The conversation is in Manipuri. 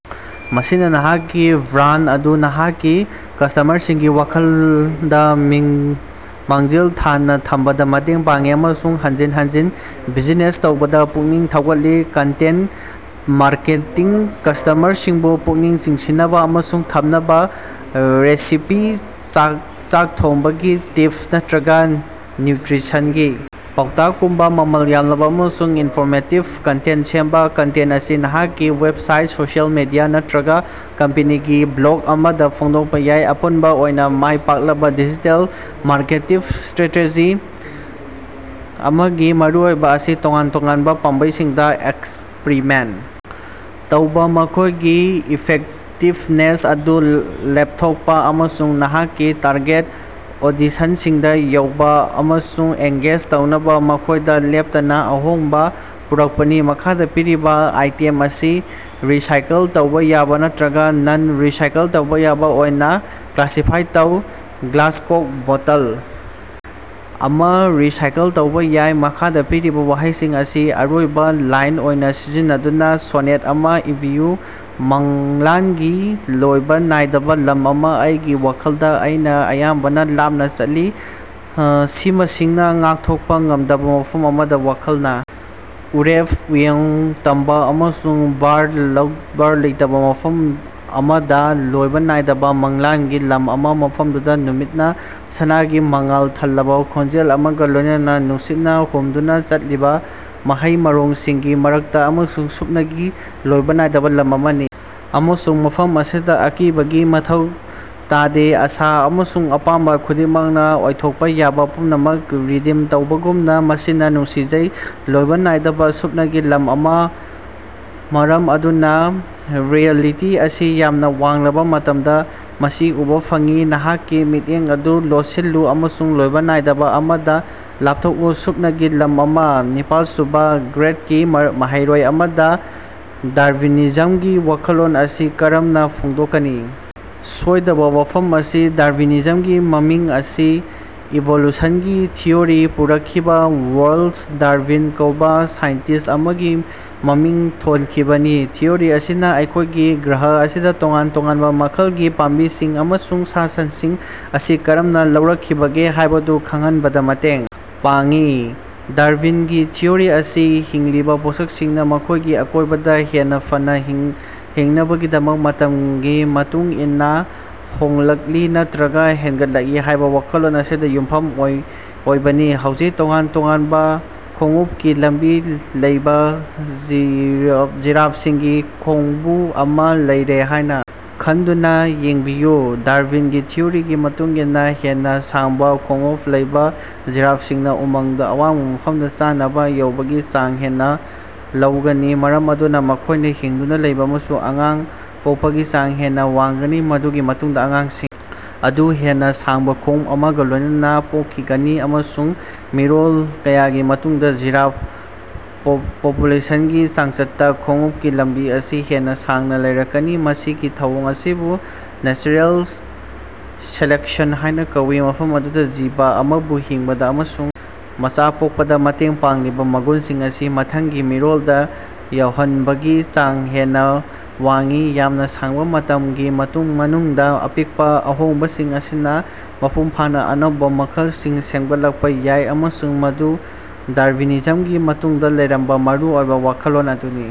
ꯃꯁꯤꯅ ꯅꯍꯥꯛꯀꯤ ꯕ꯭ꯔꯥꯟꯗ ꯑꯗꯨ ꯅꯍꯥꯛꯀꯤ ꯀꯁ꯭ꯇꯃꯔꯁꯤꯡꯒꯤ ꯋꯥꯈꯜꯗ‌ ꯃꯥꯡꯖꯤꯜ ꯊꯥꯅ ꯊꯝꯕꯗ ꯃꯇꯦꯡ ꯄꯥꯡꯏ ꯑꯃꯁꯨꯡ ꯍꯟꯖꯤꯟ ꯍꯟꯖꯤꯟ ꯕꯤꯖꯤꯅꯦꯁ ꯇꯧꯕꯗ ꯄꯨꯛꯅꯤꯡ ꯊꯧꯒꯠꯂꯤ꯫ ꯀꯟꯇꯦꯟꯇ ꯃꯥꯔꯀꯦꯇꯤꯡ - ꯀꯁ꯭ꯇꯃꯔꯁꯤꯡꯕꯨ ꯄꯨꯛꯅꯤꯡ ꯆꯤꯡꯁꯤꯟꯅꯕ ꯑꯃꯁꯨꯡ ꯊꯝꯅꯕ ꯔꯦꯁꯤꯄꯤ, ꯆꯥꯛ ꯊꯣꯡꯕꯒꯤ ꯇꯤꯞꯁ ꯅꯠꯇꯔꯒ ꯅ꯭ꯌꯨꯇꯔꯤꯁꯟꯒꯤ ꯄꯥꯎꯇꯥꯛꯀꯨꯝꯕ ꯃꯃꯜ ꯌꯥꯝꯂꯕ ꯑꯃꯁꯨꯡ ꯏꯟꯐꯣꯔꯃꯦꯇꯤꯕ ꯀꯟꯇꯦꯟꯇ ꯁꯦꯝꯕ꯫ ꯀꯟꯇꯦꯟꯇ ꯑꯁꯤ ꯅꯍꯥꯛꯀꯤ ꯋꯦꯕꯁꯥꯏꯠ, ꯁꯣꯁꯤꯑꯦꯜ ꯃꯤꯗꯤꯌꯥ ꯅꯠꯇꯔꯒ ꯀꯝꯄꯅꯤꯒꯤ ꯕ꯭ꯂꯣꯒ ꯑꯃꯗ ꯐꯣꯡꯗꯣꯛꯄ ꯌꯥꯏ꯫ ꯑꯄꯨꯟꯕ ꯑꯣꯏꯅ, ꯃꯥꯏ ꯄꯥꯛꯂꯕ ꯗꯤꯖꯤꯇꯦꯜ ꯃꯥꯔꯀꯦꯇꯤꯡ ꯁ꯭ꯠꯔꯦꯇꯦꯖꯤ ꯑꯃꯒꯤ ꯃꯔꯨꯑꯣꯏꯕ ꯑꯁꯤ ꯇꯣꯉꯥꯟ ꯇꯣꯉꯥꯟꯕ ꯄꯥꯝꯕꯩꯁꯤꯡꯗ ꯑꯦꯛꯁꯄꯔꯤꯃꯦꯟꯇ ꯇꯧꯕ, ꯃꯈꯣꯏꯒꯤ ꯏꯐꯦꯛꯇꯤꯕꯅꯦꯁ ꯑꯗꯨ ꯂꯦꯞꯊꯣꯛꯄ, ꯑꯃꯁꯨꯡ ꯅꯍꯥꯛꯀꯤ ꯇꯥꯔꯒꯦꯠ ꯑꯣꯗꯤꯁꯟꯁꯤꯡꯗ ꯌꯧꯕꯥ ꯑꯃꯁꯨꯡ ꯑꯦꯡꯒꯦꯖ ꯇꯧꯅꯕ ꯃꯈꯣꯏꯗ ꯂꯦꯞꯇꯅ ꯑꯍꯣꯡꯕ ꯄꯨꯔꯛꯄꯅꯤ꯫ ꯃꯈꯥꯗ ꯄꯤꯔꯤꯕ ꯑꯥꯏꯇꯦꯝ ꯑꯁꯤ ꯔꯤꯁꯥꯏꯀꯜ ꯇꯧꯕ‌ ꯌꯥꯕ ꯅꯠꯇꯔꯒ ꯅꯟ-ꯔꯤꯁꯥꯏꯀꯜ ꯇꯧꯕ ꯌꯥꯕ ꯑꯣꯏꯅ ꯀ꯭ꯂꯥꯁꯤꯐꯥꯏ ꯇꯧ꯫ ꯒ꯭ꯂꯥꯁꯀꯣꯛ ꯕꯣꯇꯜ ꯑꯃ ꯔꯤꯁꯥꯏꯀꯜ ꯇꯧꯕ ꯌꯥꯏ꯫ ꯃꯈꯥꯗ ꯄꯤꯔꯤꯕ ꯋꯥꯍꯩꯁꯤꯡ ꯑꯁꯤ ꯑꯔꯣꯏꯕ ꯂꯥꯏꯟ ꯑꯣꯏꯅ ꯁꯤꯖꯤꯟꯅꯗꯨꯅ ꯁꯣꯅꯦꯠ ꯑꯃ ꯏꯕꯤꯌꯨ꯫ ꯃꯪꯂꯥꯟꯒꯤ ꯂꯣꯏꯕ ꯅꯥꯏꯗꯕ ꯂꯝ ꯑꯃ - ꯑꯩꯒꯤ ꯋꯥꯈꯜꯗ, ꯑꯩꯅ ꯑꯌꯥꯝꯕꯅ ꯂꯥꯞꯅ ꯆꯠꯂꯤ, ꯁꯤꯃꯁꯤꯡꯅ ꯉꯥꯛꯊꯣꯛꯄ ꯉꯝꯗꯕ ꯃꯐꯝ ꯑꯃꯗ ꯋꯥꯈꯜꯅ ꯎꯔꯦꯞ ꯎꯌꯨꯡ ꯇꯝꯕ ꯑꯃꯁꯨꯡ ꯕꯥꯔ ꯂꯩꯇꯕ ꯃꯐꯝ ꯑꯃꯗ ꯂꯣꯏꯕ ꯅꯥꯏꯗꯕ ꯃꯪꯂꯥꯟꯒꯤ ꯂꯝ ꯑꯃ ꯃꯐꯝꯗꯨꯗ, ꯅꯨꯃꯤꯠꯅ ꯁꯅꯥꯒꯤ ꯃꯉꯥꯜꯅ ꯊꯜꯂꯕ ꯈꯣꯟꯖꯦꯜ ꯑꯃꯒ ꯂꯣꯏꯅꯅ ꯅꯨꯡꯁꯤꯠꯅ ꯍꯨꯝꯗꯨꯅ ꯆꯠꯂꯤꯕ ꯃꯍꯩ ꯃꯔꯣꯡꯁꯤꯡꯒꯤ ꯃꯔꯛꯇ꯫ ꯑꯃꯁꯨꯡ ꯁꯨꯞꯅꯒꯤ ꯂꯣꯏꯕ ꯅꯥꯏꯗꯕ ꯂꯝ ꯑꯃꯅꯤ ꯑꯃꯁꯨꯡ ꯃꯐꯝ ꯑꯁꯤꯗ, ꯑꯀꯤꯕꯒꯤ ꯃꯊꯧ ꯇꯥꯗꯦ ꯑꯥꯁꯥ ꯑꯃꯁꯨꯡ ꯑꯄꯥꯝꯕ ꯈꯨꯗꯤꯡꯃꯛꯅ ꯑꯣꯏꯊꯣꯛꯄ ꯌꯥꯕ ꯄꯨꯝꯅꯃꯛ ꯔꯤꯗꯤꯝ ꯇꯧꯕꯒꯨꯝꯅꯥ, ꯃꯁꯤꯅ ꯅꯨꯡꯁꯤꯖꯩ ꯂꯣꯏꯕ ꯅꯥꯏꯗꯕ ꯁꯨꯞꯅꯒꯤ ꯂꯝ ꯑꯃ ꯃꯔꯝ ꯑꯗꯨꯅ ꯔꯤꯑꯦꯂꯤꯇꯤ ꯑꯁꯤ ꯌꯥꯝꯅ ꯋꯥꯡꯂꯕ‌ ꯃꯇꯝꯗ ꯃꯁꯤ ꯎꯕꯥ ꯐꯪꯏ ꯅꯍꯥꯛꯀꯤ ꯃꯤꯠꯌꯦꯡ ꯑꯗꯨ ꯂꯣꯠꯁꯤꯜꯂꯨ ꯑꯃꯁꯨꯡ ꯂꯣꯏꯕ ꯅꯥꯏꯗꯕ ꯑꯃꯗ ꯂꯥꯞꯊꯣꯛꯎ ꯁꯨꯞꯅꯒꯤ ꯂꯝ ꯑꯃ꯫ ꯅꯤꯄꯥꯜꯁꯨꯕ ꯒ꯭ꯔꯦꯗꯀꯤ ꯃꯍꯩꯔꯣꯏ ꯑꯃꯗ ꯗꯥꯔꯕꯤꯅꯤꯖꯝꯒꯤ ꯋꯥꯈꯜꯂꯣꯟ ꯑꯁꯤ ꯀꯔꯝꯅꯥꫪ ꯐꯣꯡꯗꯣꯛꯀꯅꯤ? ꯁꯣꯏꯗꯕ ꯋꯥꯐꯝ ꯑꯁꯤ, ꯗꯥꯔꯕꯤꯅꯤꯖꯝꯒꯤ ꯃꯃꯤꯡ ꯑꯁꯤ ꯏꯚꯣꯂꯨꯁꯟꯒꯤ ꯊꯤꯑꯣꯔꯤ ꯄꯨꯔꯛꯈꯤꯕ ꯆꯥꯔ꯭ꯂꯁ ꯗꯥꯔꯕꯤꯟ ꯀꯧꯕ ꯁꯥꯏꯟꯇꯤꯁ꯭ꯠ ꯑꯃꯒꯤ ꯃꯃꯤꯡ ꯊꯣꯟꯈꯤꯕꯅꯤ꯫ ꯊꯤꯑꯣꯔꯤ ꯑꯁꯤꯅ ꯑꯩꯈꯣꯏꯒꯤ ꯒ꯭ꯔꯍ ꯑꯁꯤꯗ ꯇꯣꯉꯥꯟ ꯇꯣꯉꯥꯟꯕ ꯃꯈꯜꯒꯤ ꯄꯥꯝꯕꯤꯁꯤꯡ ꯑꯃꯁꯨꯡ ꯁꯥ-ꯁꯟꯁꯤꯡ ꯑꯁꯤ ꯀꯔꯝꯅ ꯂꯩꯔꯛꯈꯤꯕꯒꯦ ꯍꯥꯏꯕꯗꯨ ꯈꯪꯍꯟꯕꯗ ꯃꯇꯦꯡ ꯄꯥꯡꯏ꯫ ꯗꯥꯔꯕꯤꯟꯒꯤ ꯊꯤꯑꯣꯔꯤ ꯑꯁꯤ ꯍꯤꯡꯂꯤꯕ ꯄꯣꯠꯁꯛꯁꯤꯡꯅ ꯃꯈꯣꯏꯒꯤ ꯑꯀꯣꯏꯕꯗ ꯍꯦꯟꯅ ꯐꯅ ꯍꯤꯡꯅꯕꯒꯤꯗꯃꯛ ꯃꯇꯝꯒꯤ ꯃꯇꯨꯡ ꯏꯟꯅ ꯍꯣꯡꯂꯛꯂꯤ, ꯅꯠꯇꯔꯒ ꯍꯦꯟꯒꯠꯂꯛꯏ ꯍꯥꯏꯕ ꯋꯥꯈꯜꯂꯣꯟ ꯑꯁꯤꯗ ꯌꯨꯝꯐꯝ ꯑꯣꯏꯕꯅꯤ꯫ ꯍꯧꯖꯤꯛ, ꯇꯣꯉꯥꯟ ꯇꯣꯉꯥꯟꯕ ꯈꯣꯡꯎꯞꯀꯤ ꯂꯝꯕꯤ ꯂꯩꯕ ꯖꯤꯔꯥꯐꯁꯤꯡꯒꯤ ꯈꯣꯡꯕꯨ ꯑꯃ ꯂꯩꯔꯦ ꯍꯥꯏꯅ ꯈꯟꯗꯨꯅ ꯌꯦꯡꯕꯤꯌꯨ꯫ ꯗꯥꯔꯕꯤꯟꯒꯤ ꯊꯤꯑꯣꯔꯤꯒꯤ ꯃꯇꯨꯡ ꯏꯟꯅ ꯍꯦꯟꯅ ꯁꯥꯡꯕ ꯈꯣꯡꯎꯞ ꯂꯩꯕ ꯖꯤꯔꯥꯐꯁꯤꯡꯅ ꯎꯃꯪꯗ ꯑꯋꯥꯡꯕ ꯃꯐꯝꯗ ꯆꯥꯅꯕ ꯌꯧꯕꯒꯤ ꯆꯥꯡ ꯍꯦꯟꯅ ꯂꯩꯒꯅꯤ, ꯃꯔꯝ ꯑꯗꯨꯅ ꯃꯈꯣꯏꯅ ꯍꯤꯡꯗꯨꯅ ꯂꯩꯕ ꯑꯃꯁꯨꯡ ꯑꯉꯥꯡ ꯄꯣꯛꯄꯒꯤ ꯆꯥꯡ ꯍꯦꯟꯅ ꯋꯥꯡꯒꯅꯤ꯫ ꯃꯗꯨꯒꯤ ꯃꯇꯨꯡꯗ ꯑꯉꯥꯡꯁꯤꯡ ꯑꯗꯨ ꯍꯦꯟꯅ ꯁꯥꯡꯕ ꯈꯣꯡꯎꯞ ꯑꯃꯒ ꯂꯣꯏꯅꯅ ꯄꯣꯛꯈꯤꯒꯅꯤ, ꯑꯃꯁꯨꯡ ꯃꯤꯔꯣꯜ ꯀꯌꯥꯒꯤ ꯃꯇꯨꯡꯗ ꯖꯤꯔꯥꯐ ꯄꯣꯄꯨꯂꯦꯁꯟꯒꯤ ꯆꯥꯡꯆꯠꯇ ꯈꯣꯡꯎꯞꯀꯤ ꯂꯝꯕꯤ ꯑꯁꯤ ꯍꯦꯟꯅ ꯁꯥꯡꯅ ꯂꯩꯔꯛꯀꯅꯤ꯫ ꯃꯁꯤꯒꯤ ꯊꯧꯑꯣꯡ ꯑꯁꯤꯕꯨ ꯅꯦꯆꯔꯦꯜ ꯁꯦꯂꯦꯛꯁꯟ ꯍꯥꯏꯅ ꯀꯧꯏ, ꯃꯐꯝ ꯑꯗꯨꯗ ꯖꯤꯕ ꯑꯃꯕꯨ ꯍꯤꯡꯕꯗ‌ ꯑꯃꯁꯨꯡ ꯃꯆꯥ ꯄꯣꯛꯄꯗ ꯃꯇꯦꯡ ꯄꯥꯡꯂꯤꯕ ꯃꯒꯨꯟꯁꯤꯡ ꯑꯁꯤ ꯃꯊꯪꯒꯤ ꯃꯤꯔꯣꯜꯗ ꯌꯧꯍꯟꯕꯒꯤ ꯆꯥꯡ ꯍꯦꯟꯅ ꯋꯥꯡꯏ꯫ ꯌꯥꯝꯅ ꯁꯥꯡꯕ ꯃꯇꯝꯒꯤ ꯃꯅꯨꯡꯗ ꯑꯄꯤꯛꯄ ꯑꯍꯣꯡꯕꯁꯤꯡ ꯑꯁꯤꯅ ꯃꯄꯨꯡꯐꯥꯅ ꯑꯅꯧꯕ ꯃꯈꯜꯁꯤꯡ ꯁꯦꯝꯒꯠꯂꯛꯄ ꯌꯥꯏ꯫ ꯑꯃꯁꯨꯡ ꯃꯗꯨ ꯗꯥꯔꯕꯤꯅꯤꯖꯝꯒꯤ ꯃꯇꯨꯡꯗ ꯂꯩꯔꯤꯕ ꯃꯔꯨ ꯑꯣꯏꯕ ꯋꯥꯈꯜꯂꯣꯟ ꯑꯗꯨꯅꯤ꯫